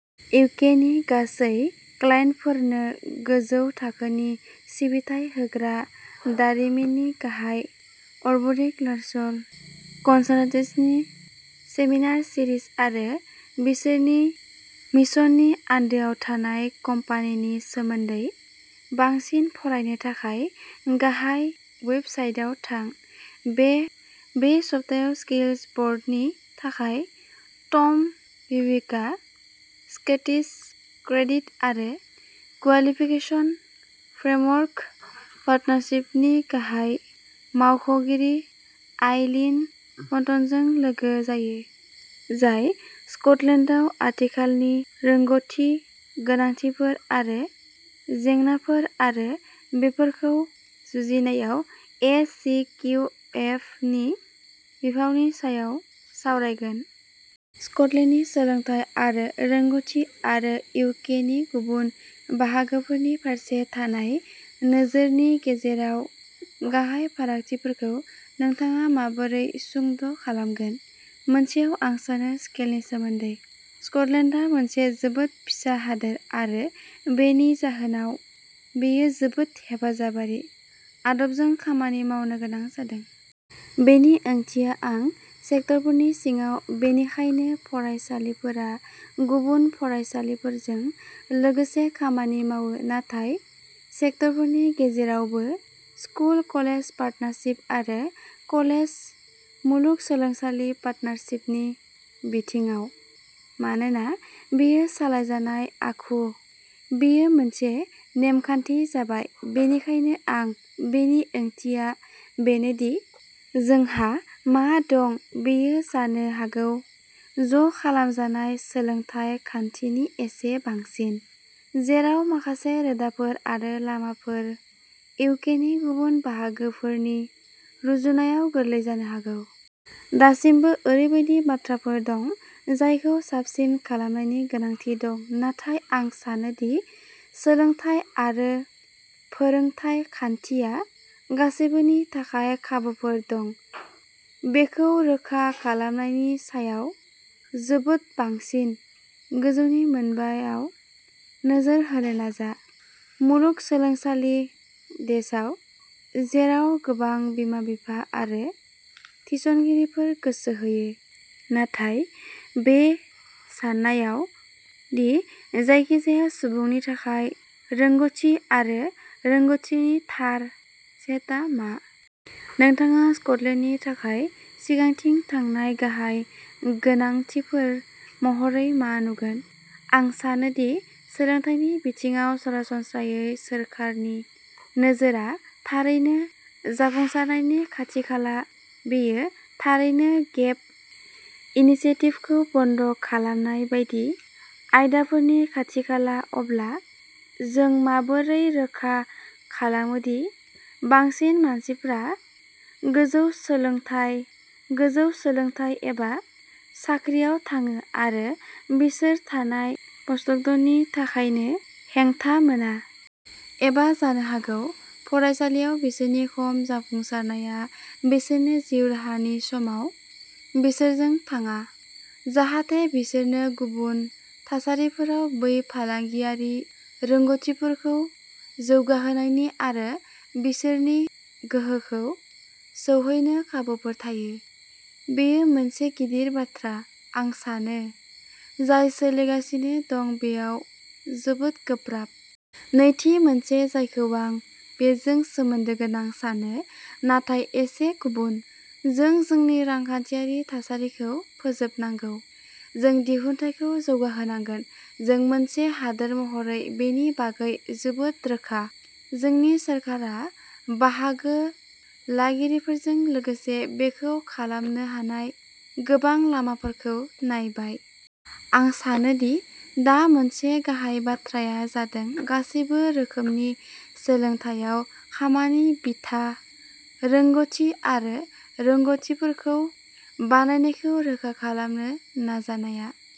इउकेनि गासै क्लाइन्टफोरनो गोजौ थाखोनि सिबिथाइ होग्रा दारिमिननि गाहाय आर्ब'रिक'लार्चेल कनसाल्टेन्सि। सेमिनार सिरिज आरो बिसोरनि मिशननि आन्दोआव थानाय कम्पानिनि सोमोन्दै बांसिन फरायनो थाखाय गाहाय वेबसाइटाव थां। बे सप्तायाव स्किल्स वर्ल्डनि थाखाय, टम बिविकआ स्कटिस क्रेडिट आरो क्वालिफिकेशन फ्रेमवर्क पार्टनारशिप नि गाहाय मावख'गिरि आइलीन पन्टनजों लोगो जायो, जाय स्कटलेन्डआव आथिखालनि रोंग'थि गोनांथिफोर आरो जेंनाफोर आरो बेफोरखौ जुजिनायाव एस सि किउ एफ नि बिफावनि सायाव सावरायगोन। स्क'टलेन्डनि सोलोंथाय आरो रोंग'थि आरो इउ के नि गुबुन बाहागोफोरनि फारसे थानाय नोजोरनि गेजेराव गाहाय फारागथिफोरखौ नोंथाङा माबोरै सुंद' खालामगोन? मोनसेआ आं सानो स्केलनि सोमोन्दै? स्कटलेन्डआ मोनसे जोबोद फिसा हादोर, आरो बेनि जाहोनाव बेयो जोबोद हेफाजाबारि आदबजों खामानि मावनो गोनां जादों। बेनि ओंथिया आं सेक्टरफोरनि सिङाव, बेनिखायनो फरायसालिफोरा गुबुन फरायसालिफोरजों लोगोसे खामानि मावो नाथाय सेक्टरफोरनि गेजेरावबो, स्कुल-कलेज पार्टनारशिप आरो कलेज-मुलुगसोलोंसालि पार्टनारशिपनि बिथिङाव। मानोना बेयो सालायजानाय आखु, बेयो मोनसे नेमखान्थि जाबाय, बेनिखायनो आं बेनि ओंथिया बेनो दि जोंहा मा दं बेयो जानो हागौ मोनसे ज'खालामजानाय सोलोंथाय खान्थिनि एसे बांसिन, जेराव माखासे रोदाफोर आरो लामाफोरा इउकेनि गुबुन बाहागोफोरनि रुजुनायाव गोरलै जानो हागौ। दासिमबो ओरैबायदि बाथ्राफोर दं जायखौ साबसिन खालामनायनि गोनांथि दं, नाथाय आं सानो दि सोलोंथाय आरो फोरोंथाय खान्थिया गासैबोनि थाखाय खाबुफोर दं बेखौ रोखा खालामनायनि सायाव जोबोद बांसिन। गोजौनि मोन बा आव नोजोर होनो नाजा, मुलुगसोलोंसालि डेशआव, जेराव गोबां बिमा-बिफा आरो थिसनगिरिफोरा गोसो होयो, नाथाय बे साननायाव दि जायखिजाया सुबुंनि थाखाय रोंग'थि आरो रोंग'थिनि थार सेटआ मा। नोंथाङा स्कटलेन्डनि थाखाय सिगांथिं थांनाय गाहाय गोनांथिफोर महरै मा नुगोन? आं सानोदि सोलोंथाइनि बिथिङाव सरासनस्रायै सोरखारनि नोजोरआ थारैनो जाफुंसारनायनि खाथि-खाला। बेयो थारैनो गेप इनिसिएटिभखौ बन्द खालामनाय बायदि आयदाफोरनि खाथि-खाला। अब्ला, जों माबोरै रोखा खालामो दि बांसिन मानसिफ्रा गोजौ सोलोंथाइ, गोजौ सोलोंथाइ एबा साख्रिआव थाङो आरो बिसोर थानाय प'स्टक'डनि थाखायनो हेंथा मोना। एबा जानो हागौ फरायसालियाव बिसोरनि खम जाफुंसारनाया बिसोरनि जिउ राहानि समाव बिसोरजों थाङा, जाहाथे बिसोरनो गुबुन थासारिफोराव बै फालांगियारि रोंग'थिफोरखौ जौगाहोनायनि आरो बिसोरनि गोहोखौ सौहैनो खाबुफोर थायो। बेयो मोनसे गिदिर बाथ्रा, आं सानो, जाय सोलिगासिनो दं बेयाव जोबोद गोब्राब। नैथि मोनसे जायखौ आं बेजों सोमोन्दो गोनां सानो, नाथाय एसे गुबुन। जों जोंनि रांखान्थियारि थासारिखौ फोसाबनांगौ, जों दिहुनथाइखौ जौगाहोनांगोन, जों मोनसे हादोर महरै बेनि बागै जोबोद रोखा। जोंनि सोरखारा, बाहागो लागिरिफोरजों लोगोसे बेखौ खालामनो हानाय गोबां लामाफोरखौ नायबाय। आं सानो दि दा मोनसे गाहाय बाथ्राया जादों गासैबो रोखोमनि सोलोंथायआव खामानि बिथा रोंग'थि आरो रोंग'थिफोरखौ बानायनायखौ रोखा खालामनो नाजानाया।